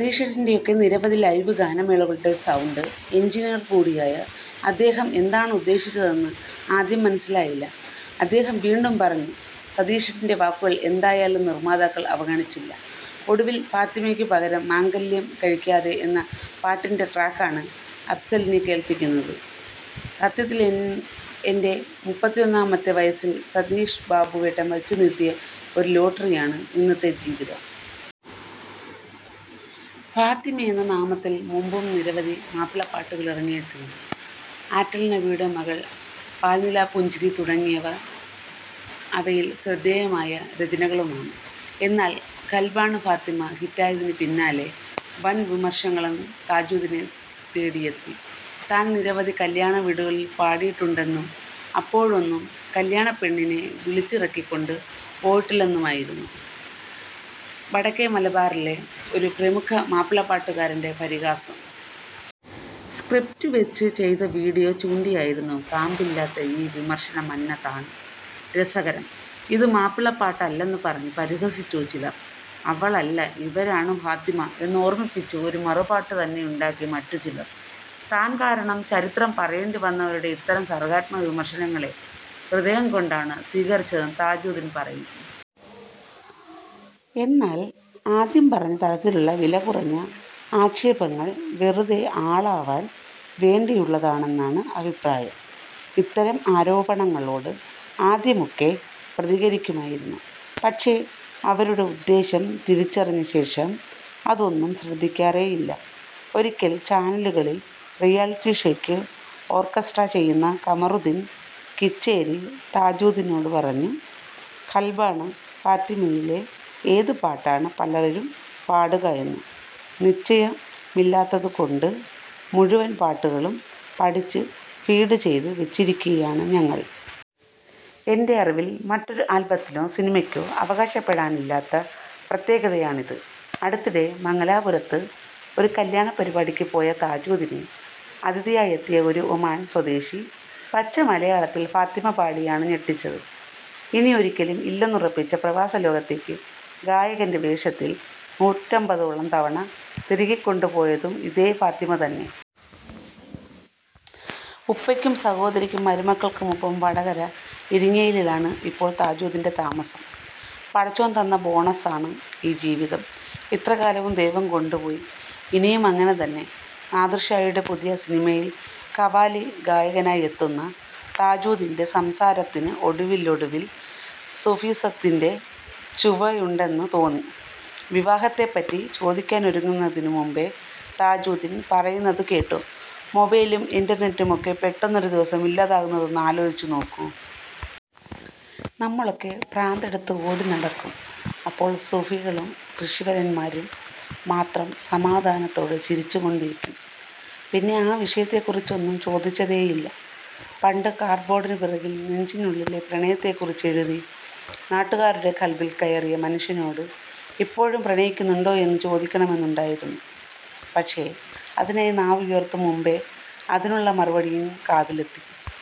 ദാസേട്ടൻറെയൊക്കെ നിരവധി ലൈവ് ഗാനമേളകളുടെ sound engineer കൂടിയായ അദ്ദേഹം എന്താണ് ഉദ്ദേശിച്ചതെന്ന് ആദ്യം മനസിലായില്ല. അദ്ദേഹം വീണ്ടും പറഞ്ഞു. സതീഷേട്ടൻറെ വാക്കുകൾ എന്തായാലും നിർമ്മാതാക്കൾ അവഗണിച്ചില്ല. ഒടുവിൽ ഫാത്തിമയ്ക്കു പകരം ' മംഗല്യം കഴിക്കാതെ ' എന്ന പാട്ടിൻറെ ട്രാക്കാണ് അഫ്സലിനെ കേൾപ്പിക്കുന്നത്. " സത്യത്തിൽ എൻറെ മുപ്പിത്തൊന്നാമത്തെ വയസിൽ സതീഷ് ബാബുവേട്ടൻ വച്ചു നീട്ടിയ ഒരു ലോട്ടറിയാണ് ഇന്നത്തെ ജീവിതം! " ഫാത്തിമ എന്ന നാമത്തിൽ മുമ്പും നിരവധി മാപ്പിളപ്പാട്ടുകളിറങ്ങിയിട്ടുണ്ട്. ' ആറ്റൽ നബിയുടെ മകൾ ',' പാൽനിലാപ്പുഞ്ചിരി ' തുടങ്ങിയവ അവയിൽ ശ്രദ്ധേയമായ രചനകളുമാണ്. എന്നാൽ ' ഖൽബാണ് ഫാത്തിമ ' ഹിറ്റായതിനു പിന്നാലെ വൻ വിമർശനങ്ങളും താജുദ്ദീനെ തേടിയെത്തി. താൻ നിരവധി കല്ല്യാണ വീടുകളിൽ പാടിയിട്ടുണ്ടെന്നും അപ്പോഴൊന്നും കല്യാണപ്പെണ്ണിനെ വിളിച്ചിറക്കി കൊണ്ടു പോയിട്ടില്ലെന്നുമായിരുന്നു വടക്കേ മലബാറിലെ ഒരു പ്രമുഖ മാപ്പിളപ്പാട്ടുകാരൻറെ പരിഹാസം. സ്ക്രിപ്റ്റ് വച്ച് ചെയ്ത വീഡിയോ ചൂണ്ടിയായിരുന്നു കാമ്പില്ലാത്ത ഈ വിമർശനമന്നതാണ് രസകരം. ഇത് മാപ്പിളപ്പാട്ടല്ലെന്നു പറഞ്ഞ് പരിഹസിച്ചു ചിലർ. ' അവളല്ല ഇവരാണ് ഫാത്തിമ ' എന്നോർമ്മിപ്പിച്ച് ഒരു മറുപാട്ടു തന്നെയുണ്ടാക്കി മറ്റുചിലർ. താൻ കാരണം ചരിത്രം പറയേണ്ടി വന്നവരുടെ ഇത്തരം സർഗ്ഗാത്മക വിമർശനങ്ങളെ ഹൃദയം കൊണ്ടാണ് സ്വീകരിച്ചതെന്ന് താജുദ്ദീൻ പറയും. എന്നാൽ ആദ്യം പറഞ്ഞ തരത്തിലുള്ള വിലകുറഞ്ഞ ആക്ഷേപങ്ങൾ വെറുതെ ആളാവാൻ വേണ്ടിയുള്ളതാണെന്നാണ് അഭിപ്രായം. ഇത്തരം ആരോപണങ്ങളോട് ആദ്യമൊക്കെ പ്രതികരിക്കുമായിരുന്നു. പക്ഷേ അവരുടെ ഉദ്ദേശം തിരിച്ചറിഞ്ഞ ശേഷം അതൊന്നും ശ്രദ്ധിക്കാറേയില്ല. ഒരിക്കൽ ചാനലുകളിൽ റിയാലിറ്റി ഷോയ്ക്ക് ഓർക്കസ്ട്ര ചെയ്യുന്ന കമറുദ്ദീൻ കീച്ചേരി താജുദ്ദീനോടു പറഞ്ഞുഃ " ഖൽബാണ് ഫാത്തിമയിലെ ഏത് പാട്ടാണ് പലരും പാടുക എന്ന് നിശ്ചയമില്ലാത്തതു കൊണ്ട് മുഴുവൻ പാട്ടുകളും പഠിച്ച് ഫീഡ് ചെയ്തു വച്ചിരിക്കുകയാണ് ഞങ്ങൾ. എൻറെ അറിവിൽ മറ്റൊരു ആൽബത്തിനോ സിനിമയ്ക്കോ അവകാശപ്പെടാനില്ലാത്ത പ്രത്യേകതയാണിത്..! " അടുത്തിടെ മംഗലാപുരത്ത് ഒരു കല്യാണപ്പരിപാടിക്കു പോയ താജുദ്ദീനെ അതിഥിയായെത്തിയ ഒരു ഒമാൻ സ്വദേശി പച്ചമലയാളത്തിൽ ഫാത്തിമ പാടിയാണ് ഞെട്ടിച്ചത്. ഇനിയൊരിക്കലും ഇല്ലെന്നുറപ്പിച്ച പ്രവാസ ലോകത്തേക്ക് ഗായകൻറെ വേഷത്തിൽ നൂറ്റമ്പതോളം തവണ തിരികെക്കൊണ്ടു പോയതും ഇതേ ഫാത്തിമ തന്നെ. ഉപ്പയ്ക്കും സഹോദരിക്കും മരുമക്കൾക്കുമൊപ്പം വടകര ഇരിങ്ങലിലാണ് ഇപ്പോൾ താജുദ്ദീൻറെ താമസം. " പടച്ചോൻ തന്ന ബോണസാണ് ഈ ജീവിതം, ഇത്രകാലവും ദൈവം കൊണ്ടുപോയി, ഇനിയുമങ്ങനെ തന്നെ " നാദിർഷായുടെ പുതിയ സിനിമയിൽ ഖവാലി ഗായകനായി എത്തുന്ന താജുദ്ദീൻറെ സംസാരത്തിനു ഒടുവിലൊടുവിൽ സൂഫിസത്തിൻറെ ചുവയുണ്ടെന്ന് തോന്നി. വിവാഹത്തെപ്പറ്റി ചോദിക്കാനൊരുങ്ങുന്നതിനു മുമ്പേ താജുദ്ദീൻ പറയുന്നതുകേട്ടുഃ " മൊബൈലും ഇൻറർനെറ്റുമൊക്കെ പെട്ടെന്നൊരു ദിവസം ഇല്ലാതാകുന്നതൊന്ന് ആലോചിച്ചു നോക്കൂ. നമ്മളൊക്കെ ഭ്രാന്തെടുത്ത് ഓടി നടക്കും. അപ്പോൾ സൂഫികളും ഋഷിവര്യന്മാരും മാത്രം സമാധാനത്തോടെ ചിരിച്ചുകൊണ്ടിരിക്കും ". പിന്നെ ആ വിഷയത്തെക്കുറിച്ചൊന്നും ചോദിച്ചതേയില്ല. പണ്ട് കാർഡ്ബോഡിനു പിറകിൽ നെഞ്ചിനുള്ളിലെ പ്രണയത്തെക്കുറിച്ചെഴുതി നാട്ടുകാരുടെ ഖൽബിൽ കയറിയ മനുഷ്യനോട് ഇപ്പോഴും പ്രണയിക്കുന്നുണ്ടോ എന്ന് ചോദിക്കണമെന്നുണ്ടായിരുന്നു. പക്ഷേ അതിനായി നാവുയർത്തും മുമ്പേ അതിനുള്ള മറുപടിയും കാതിലെത്തി.